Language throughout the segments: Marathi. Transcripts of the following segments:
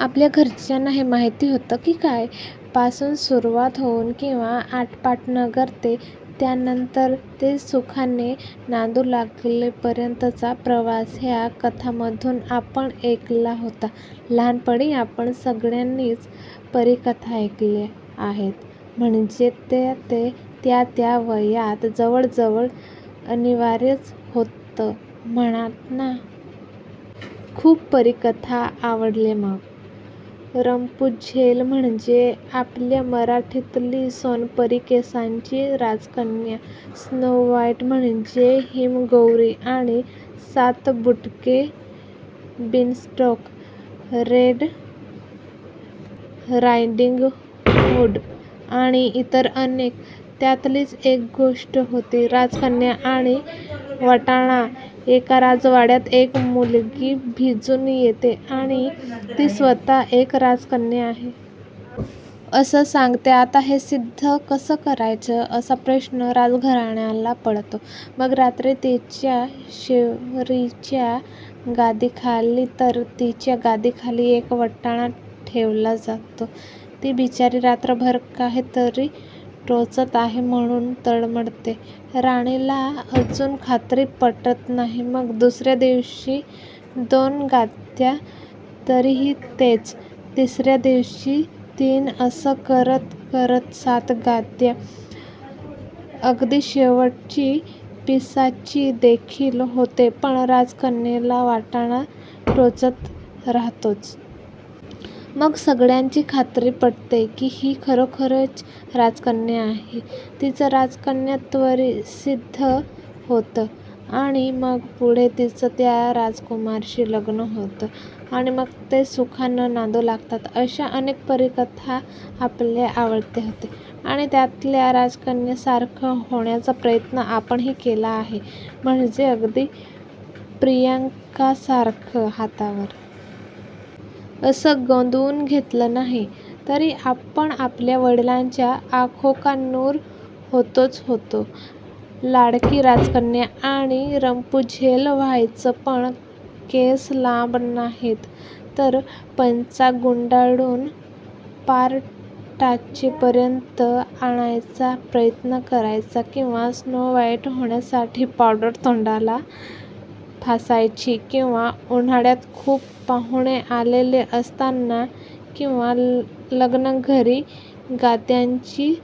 आपल्या घरच्यांना हे माहिती होतं की काय? पासून सुरुवात होऊन किंवा आटपाटनगर ते त्यानंतर ते सुखाने नांदू लागलेपर्यंतचा प्रवास ह्या कथांमधून आपण ऐकला होता. लहानपणी आपण सगळ्यांनीच परीकथा ऐकल्या आहेत, म्हणजे ते-ते त्या-त्या वयात जवळजवळ अनिवार्यच होतं म्हणा ना! खूप परीकथा आठवल्या मग! रपुंझेल म्हणजे आपल्या मराठीतली सोनेरी केसांची राजकन्या, स्नो व्हाइट म्हणजे हिमगौरी आणि सात बुटके, बिनस्टॉक, रेड रायडिंगहूड आणि इतर अनेक.. त्यातलीच एक गोष्ट होती, राजकन्या आणि वाटाणा एका राजवाड्यात एक मुलगी भिजून येते आणि ती स्वतः एक राजकन्या आहे. असं सांगते, आता हे सिद्ध कसं करायचं असा प्रश्न राजघराण्याला पडतो. मग रात्री तिच्या शेवरीच्या गादीखाली तर तिच्या गादीखाली एक वाटाणा ठेवला जातो, ती बिचारी रात्रभर काहीतरी टोचतं आहे म्हणून तळमळते. राणीला अजून खात्री पटत नाही मग दुसऱ्या दिवशी दोन गाद्या, तरीही तेच, तिसऱ्या दिवशी तीन असं करत करत सात गाद्या, अगदी शेवटची पिसाचीदेखील होतेपण राजकन्येला वाटाणा टोचत राहतोच! मग सगळ्यांची खात्री पटते की ही खरोखरीची राजकन्या आहे! तिचं राजकन्यत्वसिद्ध होतं आणि मग पुढे तिचं त्या राजपुत्राशी लग्न होतं आणि मग ते सुखानं नांदू लागतात. अशा अनेक परीकथा आपल्या आवडत्या होत्या, आणि त्यातल्या राजकन्येसारखं होण्याचा प्रयत्न आपणही केला आहे म्हणजे अगदी प्रियांकासारखं हातावर '! असं गोंदवून घेतलं नाही, तरी आपण आपल्या वडिलांच्या 'आंखोंका नूर' होतोच होतो, लाडकी राजकन्या! आणि रपुंझेल व्हायचं पण केस लांब नाहीत तर पंचा गुंडाळून पार टाचेपर्यंत आणायचा प्रयत्न करायचा किंवा स्नो व्हाइट होण्यासाठी पावडर तोंडाला फासायची किंवा उन्हाळ्यात खूप पाहुणे आलेले असताना, किंवा लग्नघरी गाद्यांची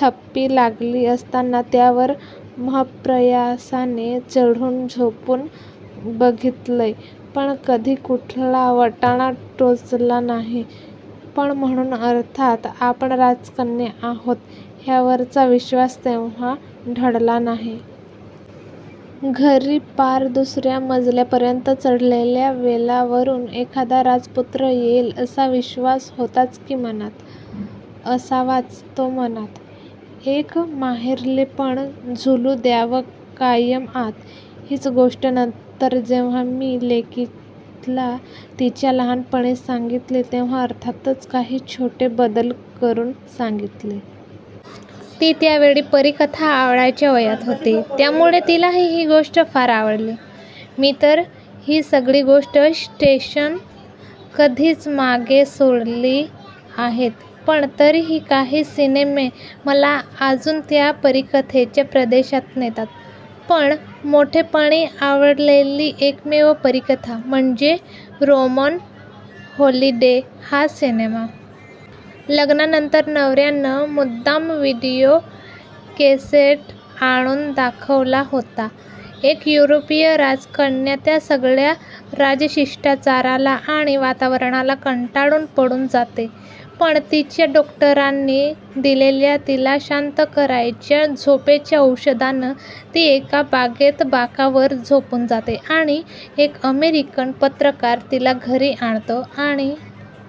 थप्पी लागली असताना त्यावर महत्प्रयासाने चढून झोपून बघितलं पण कधी कुठला वाटाणा टोचला नाही पण म्हणून अर्थात आपण राजकन्या आहोत ह्यावरचा विश्वास तेंव्हा ढळला नाही. घरी पार दुसऱ्या मजल्यापर्यंत चढलेल्या वेलावरून एखादा राजपुत्र येईल असा विश्वास होताच की मनात! असावाच तो मनात! एक मोहरलेपण झुलू द्यावं कायम आत! हीच गोष्ट नंतर जेंव्हा मी लेकीला तिच्या लहानपणी सांगितली तेंव्हा अर्थातच काही छोटे बदल करुन सांगितली! ती त्यावेळी परीकथा आवडायच्या वयात होती त्यामुळे तिलाही ही गोष्ट फार आवडली. मी तर ही सगळी गोड स्टेशन्स कधीच मागे सोडली आहेत पण तरीही काही सिनेमे मला अजून त्या परीकथेच्या प्रदेशात नेतात. पण मोठेपणी आवडलेली एकमेव परीकथा म्हणजे रोमन हॉलिडे हा सिनेमा! लग्नानंतर नवऱ्यानं मुद्दाम विडिओ कॅसेट आणून दाखवला होता. एक युरोपीय राजकन्या त्या सगळ्या राजशिष्टाचाराला आणि वातावरणाला कंटाळून पळून जाते. पण तिच्या डॉक्टरांनी दिलेल्या तिला शांत करायच्या झोपेच्या औषधानं ती एका बागेत बाकावर झोपून जाते, आणि एक अमेरिकन पत्रकार तिला घरी आणतो आणि--